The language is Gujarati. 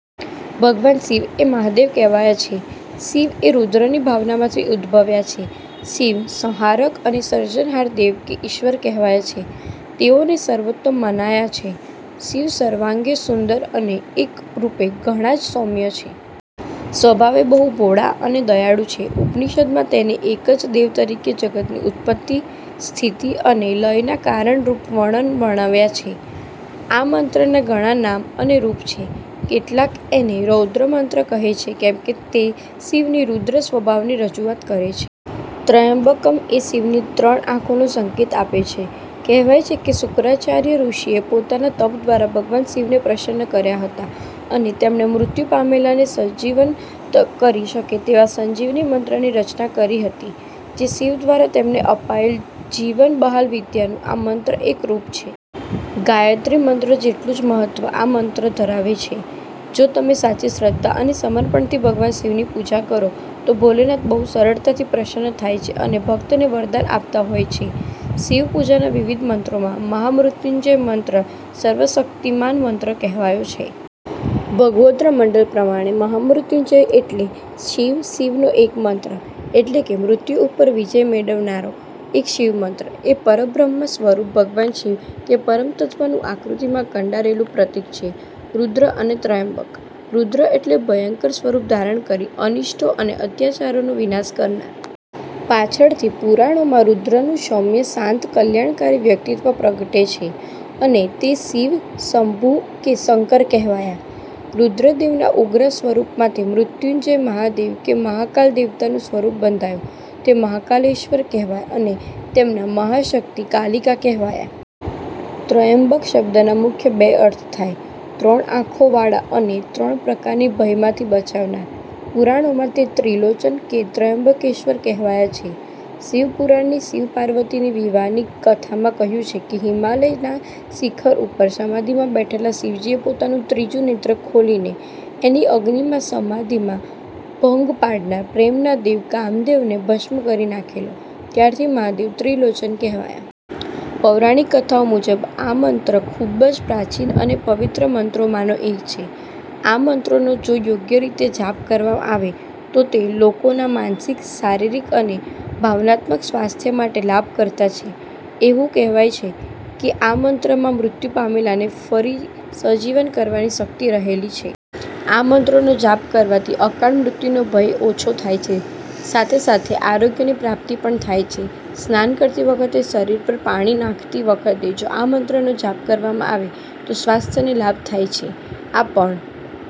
ભગવાન શિવ એ મહાદેવ કહેવાયા છે. શિવ એ રુદ્રની ભાવનામાંથી ઉદ્ભવ્યા છે. શિવ સંહારક અને સર્જનહાર દેવ કે ઈશ્વર કહેવાયા છે. તેઓને સર્વોત્તમ મનાયા છે. શિવ સર્વાંગે સુંદર અને એક રૂપે ઘણા જ સૌમ્ય છે. સ્વભાવે બહુ ભોળા અને દયાળુ છે. ઉપનિષદમાં તેને એક જ દેવ તરીકે જગતની ઉત્પત્તિ, સ્થિતિ અને લયના કારણ રૂપ વર્ણન વર્ણવ્યા છે. આ મંત્રના ઘણા નામ અને રૂપ છે. કેટલાક એને રૌદ્ર મંત્ર કહે છે કેમકે તે શિવની રૂદ્ર સ્વભાવની રજૂઆત કરે છે. ત્ર્યંબકમ એ શિવની ત્રણ આંખોનો સંકેત આપે છે. કહેવાય છે કે શુક્રાચાર્ય ઋષિએ પોતાના તપ દ્વારા ભગવાન શિવને પ્રસન્ન કર્યા હતા અને તેમણે મૃત્યુ પામેલાને સજીવન કરી શકે તેવા સંજીવની મંત્રની રચના કરી હતી જે શિવ દ્વારા તેમને અપાયેલ જીવન-બહાલ વિદ્યાનું આ મંત્ર એક રૂપ છે. ગાયત્રી મંત્ર જેટલું જ મહત્ત્વ આ મંત્ર ધરાવે છે. જો તમે સાચી શ્રદ્ધા અને સમર્પણથી ભગવાન શિવની પૂજા કરો તો ભોલેનાથ બહુ સરળતાથી પ્રસન્ન થાય છે અને ભક્તને વરદાન આપતા હોય છે. શિવપૂજાના વિવિધ મંત્રોમાં મહામૃત્યુંજય મંત્ર સર્વ શક્તિમાન મંત્ર કહેવાયો છે. ભગવદ્ગોમંડલ પ્રમાણે મહામૃત્યુંજય એટલે શિવ, શિવનો એક મંત્ર. એટલે કે મૃત્યુ ઉપર વિજય મેળવનારો એક શિવમંત્ર. એ પરબ્રહ્નસ્વરૂપ ભગવાન શિવ કે પરમતત્વનું આકૃતિમાં કંડારેલું પ્રતીક છે; રુદ્ર અને ત્રયંબક. 'રુદ્ર' એટલે ભયંકર સ્વરૂપ ધારણ કરી અનિષ્ટો અને અત્યાચારોનો વિનાશ કરનાર. પાછળથી પુરાણોમાં 'રુદ્ર'નું સૌમ્ય-શાન્ત કલ્યાણકારી વ્યક્તિત્વ પ્રગટે છે, અને તે 'શિવ', 'શંભુ' કે 'શંકર' કહેવાયા. રુદ્રદેવના ઉગ્ર સ્વરૂપમાંથી 'મૃત્યંજય મહાદેવ' કે 'મહાકાલ દેવતા'નું સ્વરૂપ બંધાયું. તે 'મહાકાલેશ્ર્વર' કહેવાયા અને તેમનાં મહાશક્તિ 'કાલિકા' કહેવાયા. 'ત્રયંબક' શબ્દના મુખ્ય બે અર્થ થાય: ત્રણ આંખોવાળા અને ત્રણ પ્રકારને ભયમાંથી બચાવનાર. પુરાણોમાં તે 'ત્રિલોચન' કે 'ત્રયંબકેશ્ર્વર' કહેવાયા છે. શિવપુરાણની શિવ-પાર્વતીની વિવાહની કથામાં કહ્યું છે કે હિમાલયના શિખર ઉપર સમાધિમાં બેઠેલા શિવજીએ પોતાનું ત્રીજું નેત્ર ખોલીને તેની અગ્નિમાં સમાધિમાં ભંગ પાડનાર પ્રેમના દેવ કામદેવને ભસ્મ કરી નાખેલો; ત્યારથી મહાદેવ 'ત્રિલોચન' કહેવાયા. પૌરાણિક કથાઓ મુજબ આ મંત્ર ખૂબ જ પ્રાચીન અને પવિત્ર મંત્રોમાંનો એક છે. આ મંત્રનો જો યોગ્ય રીતે જાપ કરવા આવે તો તે લોકોના માનસિક, શારીરિક અને ભાવનાત્મક સ્વાસ્થય માટે લાભકર્તા છે. એવું કહેવાય છે કે આ મંત્રમાં મૃત્યુ પામેલાને ફરી સજીવન કરવાની શક્તિ રહેલી છે. આ મંત્રનો જાપ કરવાથી અકાળ મૃત્યુનો ભય ઓછો થાય છે સાથે સાથે આરોગ્યની પ્રાપ્તિ પણ થાય છે. સ્નાન કરતી વખતે શરીર પર પાણી નાંખતી વખતે જો આ મંત્રનો જાપ કરવામાં આવે તો સ્વાસ્થ્યને લાભ થાય છે. આ પણ